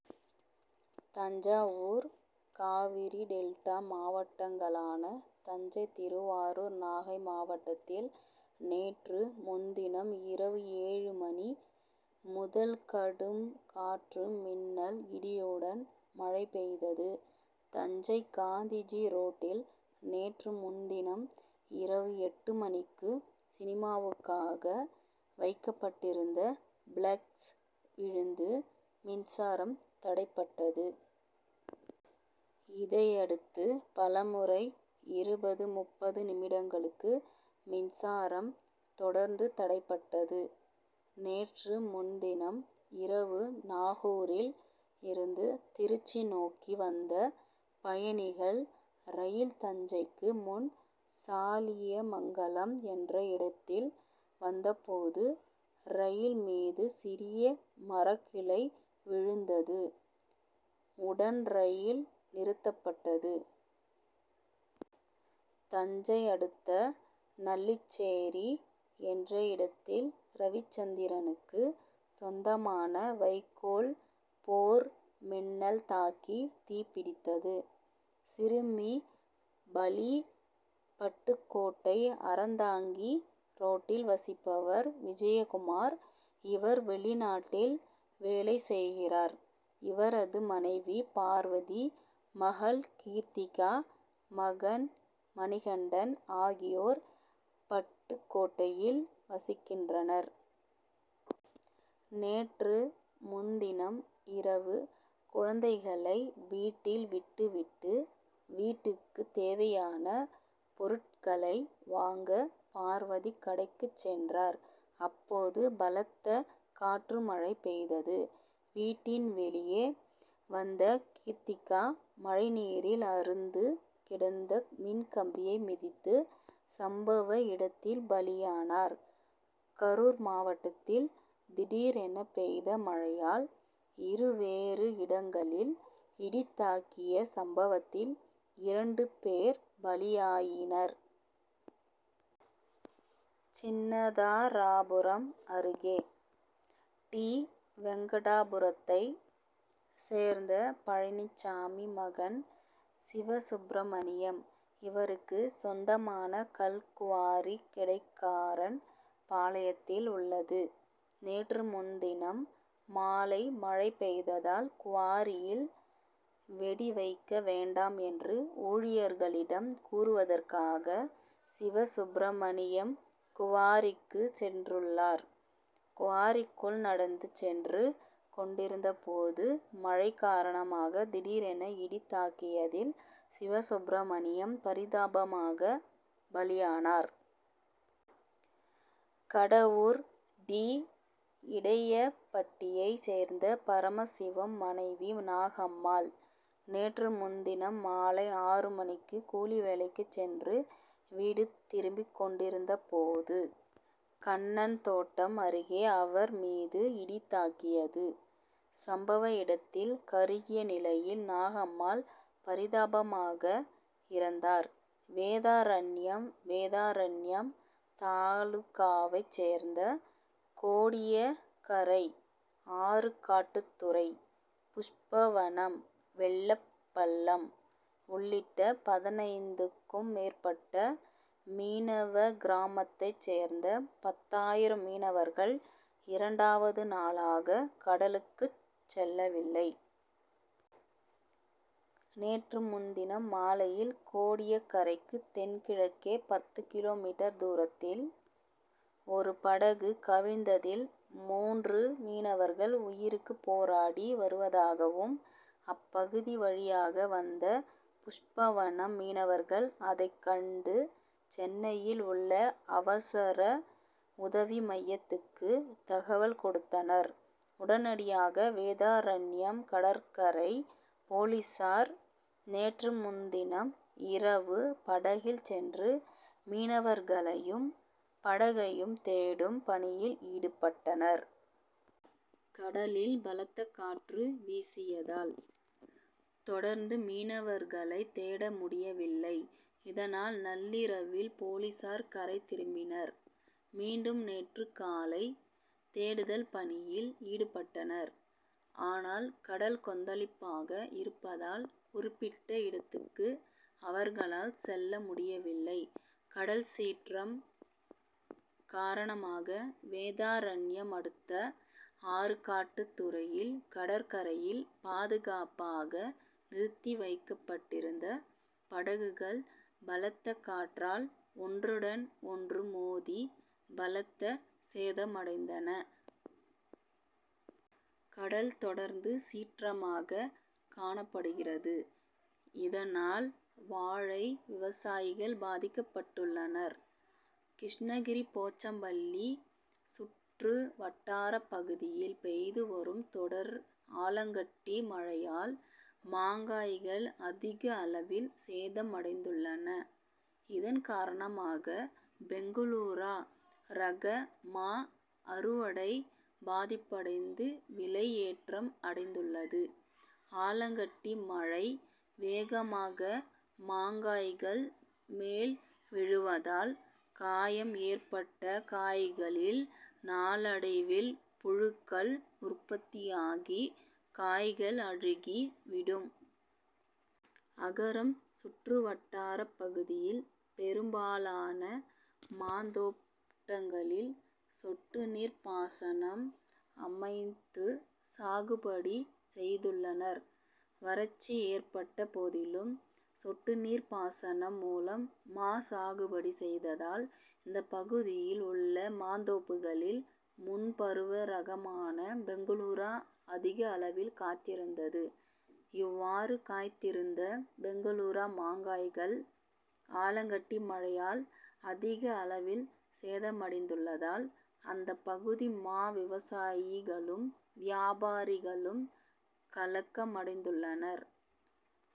Thanjavur Cauvery delta மாவட்டங்களான தஞ்சை திருவாரூர் நாகை மாவட்டத்தில் நேற்று முன்தினம் இரவு ஏழு மணி முதல் கடும் காற்று மின்னல் இடியுடன் மழை பெய்தது. தஞ்சை காந்திஜி ரோட்டில் நேற்று முன்தினம் இரவு எட்டு மணிக்கு சினிமாவுக்காக வைக்கப்பட்டிருந்த பிளக்ஸ் விழுந்து மின்சாரம் தடைபட்டது. இதையடுத்து பல முறை இருபது, முப்பது நிமிடங்களுக்கு மின்சாரம் தொடர்ந்து தடைபட்டது. நேற்று முன்தினம் இரவு நாகூரில் இருந்து திருச்சி நோக்கி வந்த பயணிகள் ரயில் தஞ்சைக்கு முன் சாலியமங்கலம் என்ற இடத்தில் வந்தபோது ரயில் மீது சிறிய மரக்கிளை விழுந்தது. உடன் ரயில் நிறுத்தப்பட்டது. தஞ்சை அடுத்த நல்லிச்சேரி என்ற இடத்தில் ரவிச்சந்திரனுக்கு சொந்தமான வைக்கோல் போர் மின்னல் தாக்கி தீப்பிடித்தது. சிறுமி பலி பட்டுக்கோட்டை அறந்தாங்கி ரோட்டில் வசிப்பவர் விஜயகுமார். இவர் வெளிநாட்டில் வேலை செய்கிறார். இவரது மனைவி பார்வதி மகள் கீர்த்திகா மகன் மணிகண்டன் ஆகியோர் பட்டுக்கோட்டையில் வசிக்கின்றனர். நேற்று முன்தினம் இரவு குழந்தைகளை வீட்டில் விட்டுவிட்டு வீட்டுக்கு தேவையான பொருட்களை வாங்க பார்வதி கடைக்குச் சென்றார். அப்போது பலத்த காற்று மழை பெய்தது. வீட்டின் வெளியே வந்த கீர்த்திகா மழைநீரில் அறுந்து கிடந்த மின்கம்பியை மிதித்து சம்பவ இடத்தில் பலியானார். கரூர் மாவட்டத்தில் திடீரென பெய்த மழையால் இருவேறு இடங்களில் இடி தாக்கிய சம்பவத்தில் இரண்டு பேர் பலியாயினர். சின்னதாராபுரம் அருகே டி. வெங்கிடாபுரத்தை சேர்ந்த பழனிசாமி மகன் சிவசுப்பிரமணியன். இவருக்கு சொந்தமான கல் குவாரி கிடைக்காரன்பாளையத்தில் உள்ளது. நேற்று முன்தினம் மாலை மழை பெய்ததால் குவாரியில் வெடி வைக்க வேண்டாம் என்று ஊழியர்களிடம் கூறுவதற்காக சிவசுப்பிரமணியன் குவாரிக்கு சென்றுள்ளார். குவாரிக்குள் நடந்து சென்று கொண்டிருந்தபோது மழை காரணமாக திடீரென இடி தாக்கியதில் சிவசுப்பிரமணியன் பரிதாபமாக பலியானார். கடவூர் டி. இடையப்பட்டியை சேர்ந்த பரமசிவம் மனைவி நாகம்மாள். நேற்று முன்தினம் மாலை ஆறு மணிக்கு கூலி வேலைக்கு சென்று வீடு திரும்பிக்கொண்டிருந்தபோது கண்ணன் தோட்டம் அருகே அவர் மீது இடி தாக்கியது. சம்பவ இடத்தில் கருகிய நிலையில் நாகம்மாள் பரிதாபமாக இறந்தார். வேதாரண்யம் வேதாரண்யம் தாலுகாவைச் சேர்ந்த கோடியக்கரை ஆறுகாட்டுத்துறை புஷ்பவனம் வெள்ளப்பள்ளம் உள்ளிட்ட பதினைந்துக்கும் மேற்பட்ட மீனவகிராமத்தைச் சேர்ந்த பத்தாயிரம் மீனவர்கள் இரண்டாவது நாளாக கடலுக்குச் செல்லவில்லை. நேற்று முன்தினம் மாலையில் கோடியக்கரைக்கு தென்கிழக்கே பத்து கிலோ மீட்டர் தூரத்தில் ஒரு படகு கவிழ்ந்ததில் மூன்று மீனவர்கள் உயிருக்கு போராடி வருவதாகவும் அப்பகுதி வழியாக வந்த புஷ்பவனம் மீனவர்கள் அதைக்கண்டு சென்னையில் உள்ள அவசர உதவி மையத்துக்கு தகவல் கொடுத்தனர். உடனடியாக வேதாரண்யம் கடற்கரை போலீசார் நேற்று முன்தினம் இரவு படகில் சென்று மீனவர்களையும் படகையும் தேடும் பணியில் ஈடுபட்டனர். கடலில் பலத்த காற்று வீசியதால் தொடர்ந்து மீனவர்களை தேட முடியவில்லை. இதனால் நள்ளிரவில் போலீசார் கரை திரும்பினர். மீண்டும் நேற்று காலை தேடுதல் பணியில் ஈடுபட்டனர். ஆனால் கடல் கொந்தளிப்பாக இருப்பதால் குறிப்பிட்ட இடத்துக்கு அவர்களால் செல்ல முடியவில்லை. கடல் சீற்றம் காரணமாக வேதாரண்யம் அடுத்த ஆறுகாட்டுத்துறையில் கடற்கரையில் பாதுகாப்பாக நிறுத்தி வைக்கப்பட்டிருந்த படகுகள் பலத்த காற்றால் ஒன்றுடன் ஒன்று மோதி பலத்த சேதமடைந்தன. கடல் தொடர்ந்து சீற்றமாக காணப்படுகிறது. இதனால் வாழை விவசாயிகள் பாதிக்கப்பட்டுள்ளனர். கிருஷ்ணகிரி போச்சம்பள்ளி சுற்றுவட்டார பகுதியில் பெய்து வரும் தொடர் ஆலங்கட்டி மழையால் மாங்காய்கள் அதிக அளவில் சேதமடைந்துள்ளன. இதன் காரணமாக பெங்களூரா ரக மா அறுவடை பாதிப்படைந்து விலை ஏற்றம் அடைந்துள்ளது. ஆலங்கட்டி மழை வேகமாக மாங்காய்கள் மேல் விழுவதால் காயம் ஏற்பட்ட காய்களில் நாளடைவில் புழுக்கள் உற்பத்தியாகி காய்கள் அழுகி விடும். அகரம் சுற்றுவட்டாரப் பகுதியில் பெரும்பாலான மாந்தோட்டங்களில் சொட்டுநீர் பாசனம் அமைத்து சாகுபடி செய்துள்ளனர். வறட்சி ஏற்பட்ட போதிலும் சொட்டுநீர் பாசனம் மூலம் மா சாகுபடி செய்ததால் இந்த பகுதியில் உள்ள மாந்தோப்புகளில் முன்பருவ ரகமான பெங்களூரா அதிக அளவில் காய்த்திருந்தது. இவ்வாறு காய்த்திருந்த பெங்களூரா மாங்காய்கள் ஆலங்கட்டி மழையால் அதிக அளவில் சேதமடைந்துள்ளதால் அந்த பகுதி மா விவசாயிகளும் வியாபாரிகளும் கலக்கமடைந்துள்ளனர்.